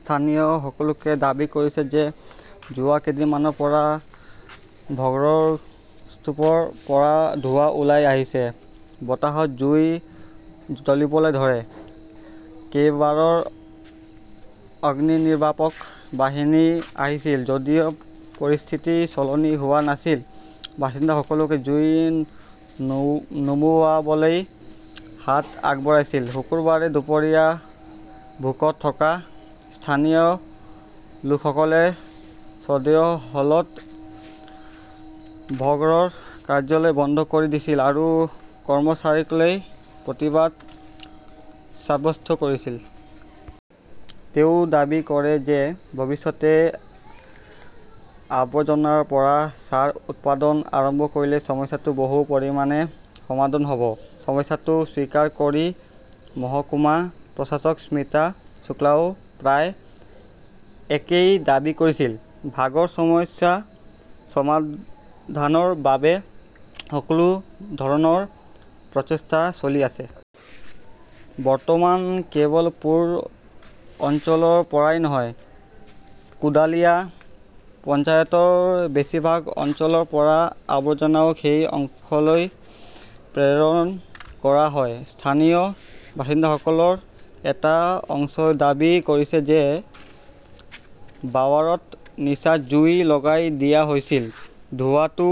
স্থানীয় লোকসকলে দাবী কৰিছে যে যোৱা কেইদিনমানৰ পৰা ভগড়ৰ স্তূপৰ পৰা ধোঁৱা ওলাই আহিছে। বতাহত জুই জ্বলিবলৈ ধৰে। কেইবাবাৰো অগ্নিনিৰ্বাপক বাহিনী আহিছিল যদিও পৰিস্থিতি সলনি হোৱা নাছিল। বাসিন্দাসকলেও জুই নুমুৱাবলৈ হাত আগবঢ়াইছিল। শুকুৰবাৰে দুপৰীয়া ভোকত থকা স্থানীয় লোকসকলে চদাও হলত ভগড়ৰ কাৰ্যালয় বন্ধ কৰি দিছিল আৰু কৰ্মচাৰীসকলে প্ৰতিবাদ সাব্যস্ত কৰিছিল। তেওঁ দাবী কৰে যে ভৱিষ্যতে আৱৰ্জনাৰ পৰা সাৰ উৎপাদন আৰম্ভ কৰিলে সমস্যাটো বহু পৰিমাণে সমাধান হ’ব। সমস্যাটো স্বীকাৰ কৰি মহকুমা প্ৰশাসক স্মিতা শুক্লাইও প্ৰায় একেই দাবী কৰিছিল। "ভাগৰ সমস্যা সমাধানৰ বাবে সকলো ধৰণৰ প্ৰচেষ্টা চলি আছে। "বৰ্তমান কেৱল পৌৰ অঞ্চলৰ পৰাই নহয়, কোডালিয়া পঞ্চায়তৰ বেছিভাগ অঞ্চলৰ পৰা আৱৰ্জনাও সেই অংশলৈ প্ৰেৰণ কৰা হয়। স্থানীয় বাসিন্দাসকলৰ এটা অংশই দাবী কৰিছে যে বাৱাৰত নিশা জুই লগাই দিয়া হৈছিল। ধোঁৱাটো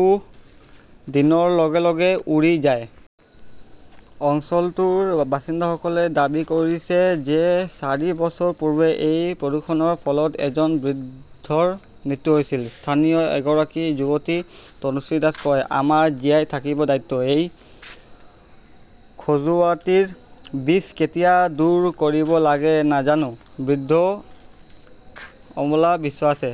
দিনৰ লগে লগে উৰি যায়। অঞ্চলটোৰ বাসিন্দাসকলে দাবী কৰিছে যে চাৰি বছৰ পূৰ্বে এই প্ৰদূষণৰ ফলত এজন বৃদ্ধৰ মৃত্যু হৈছিল। স্থানীয় এগৰাকী যুৱতী তনুশ্ৰী দাসে কয়, "আমাৰ জীয়াই থকাৰ দায়িত্ব! " এই খজুৱতিৰ বিষ কেতিয়া দূৰ কৰিব লাগে নাজানো। "বৃদ্ধ অমলা বিশ্বাসে